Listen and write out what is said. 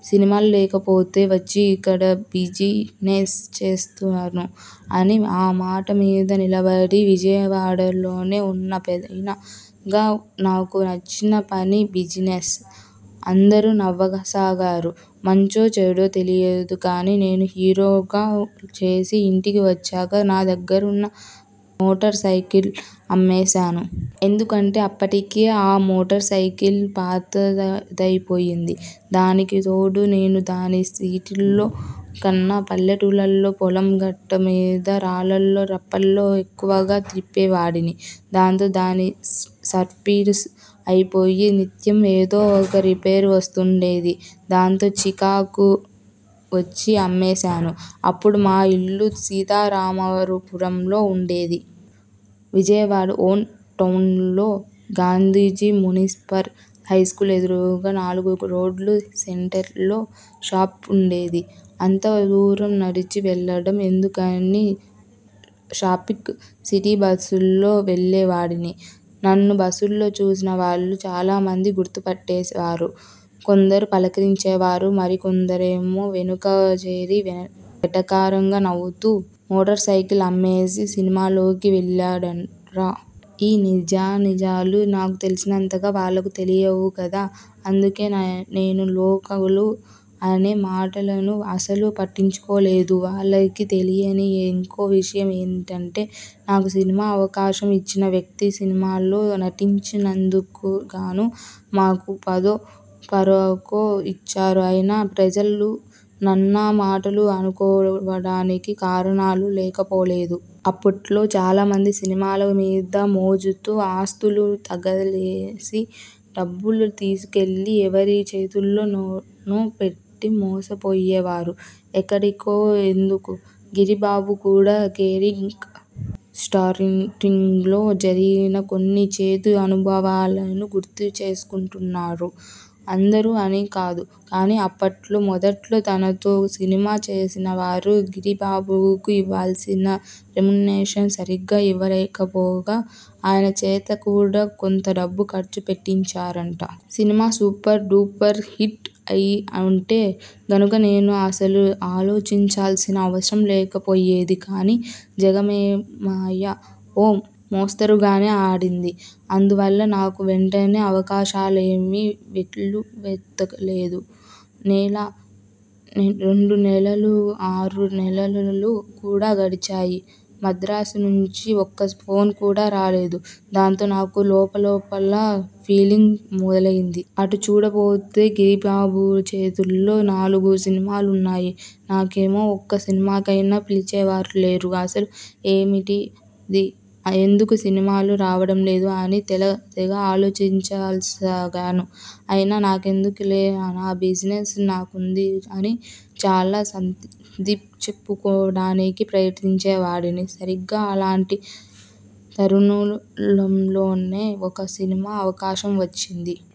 సినిమాలు లేకపోతే వచ్చి ఇక్కడ బిజినెస్ చేస్తాను' అని. ఆ మాటమీద నిలబడి విజయవాడలోనే ఉన్నా. పైగా నాకు నచ్చిన పని బిజినెస్. అందరూ నవ్వసాగారు! మంచో, చెడో తెలియదు కానీ నేను హీరోగా చేసి ఇంటికి వచ్చాక నా దగ్గరున్న మోటార్ సైకిల్ అమ్మేశాను. ఎందుకంటే అప్పటికే ఆ మోటార్సైకిల్ పాతదైపోయింది. దానికితోడు నేను దాన్ని సిట్లల్లో కన్నా పల్లెటూర్లల్లో పొలం గట్ల మీద, రాళ్లల్లో రప్పల్లో ఎక్కువగా తిప్పేవాడిని. దాంతో దాని సర్వీస్ అయిపోయి నిత్యం ఏదో ఒక రిపేరు వస్తుండేది. దాంతో చికాకు వచ్చి అమ్మేశాను. అప్పుడు మా ఇల్లు సీతారామపురంలో ఉండేది. విజయవాడ ఒన్ టౌన్లో గాంధీజీ మున్సిపల్ హైస్కూల్ ఎదురుగా నాలుగురోడ్ల సెంటర్లో షాప్ ఉండేది. అంతదూరం నడిచి వెళ్లడం ఎందుకని షాప్కి సిటీబస్సులో వెళ్లేవాడిని. నన్ను బస్సుల్లో చూసినవాళ్లు చాలామంది గుర్తుపట్టేవారు. కొందరు పలకరించేవారు. మరికొందరేమో వెనుకచేరి వెటకారంగా నవ్వుతూ 'మోటార్సైకిల్ అమ్మేసి సినిమాల్లోకి వెళ్లాడురా. ఈ నిజానిజాలు నాకు తెలిసినంతగా వాళ్లకు తెలియవు కదా. అందుకే నేను లోకవులు అనే మాటలను అసలు పట్టించుకోలేదు. వాళ్లకి తెలియని ఇంకో విషయం ఏంటంటే, నాకు సినిమా అవకాశం ఇచ్చిన వ్యక్తి సినిమాలో నటించినందుకుగానూ మాకు పదో, పరకో ఇచ్చారు. అయినా, ప్రజలు నన్న మాటలు అనుకోవడానికి కారణాలు లేకపోలేదు. అప్పట్లో చాలామంది సినిమాల మీద మోజుతో ఆస్తులు తగలేసి డబ్బులు తీసుకెళ్లి ఎవరి చేతిలోనోపెట్టి మోసపోయేవారు. ఎక్కడికో ఎందుకు? గిరిబాబు కూడా కెరీంగ్ స్టార్టింగ్లో జరిగిన కొన్ని చేదు అనుభవాలను గుర్తు చేసుకుంటుంటారు. అందరూ అని కాదు కానీ, అప్పట్లో మొదట్లో తనతో సినిమా చేసినవారు గిరిబాబుకు ఇవ్వాల్సిన రెమ్యూనరేషన్ సరిగా ఇవ్వలేకపోగా, ఆయన చేత కూడా కొంతడబ్బు ఖర్చు పెట్టించారట. సినిమా సూపర్ డూపర్ హిట్ అయి ఉంటే గనుక నేను అసలు ఆలోచించాల్సిన అవసరం లేకపోయేది. కానీ 'జగమేమాయ' ఓ మోస్తరుగానే ఆడింది. అందువల్ల నాకు వెంటనే అవకాశాలేమీ వెల్లువెత్తలేదు. నెలా, రెండునెలలూ, ఆరు నెలలు కూడా గడిచాయి. మద్రాసునుంచి ఒక్కఫోన్ కూడా రాలేదు. దాంతో నాకు లోపలల్లోపల ఫీలింగ్ మొదలైంది. అటు చూడబోతే గిరిబాబుచేతిలో నాలుగు సినిమాలున్నాయి. నాకేమో ఒక్క సినిమాకైనా పిలిచేవారు లేరు. 'అసలు ఏమిటిది? ఎందుకు సినిమాలు రావడం లేదు? ' అని తెగ ఆలోచించసాగాను. అయినా నాకెందుకులే, నా బిజినెస్ నాకుంది అని చాలా సర్దిచెప్పుకోవడానికి ప్రయత్నించేవాడిని. సరిగా అలాంటి తరుణంలోనే ఒక సినిమా అవకాశం వచ్చింది.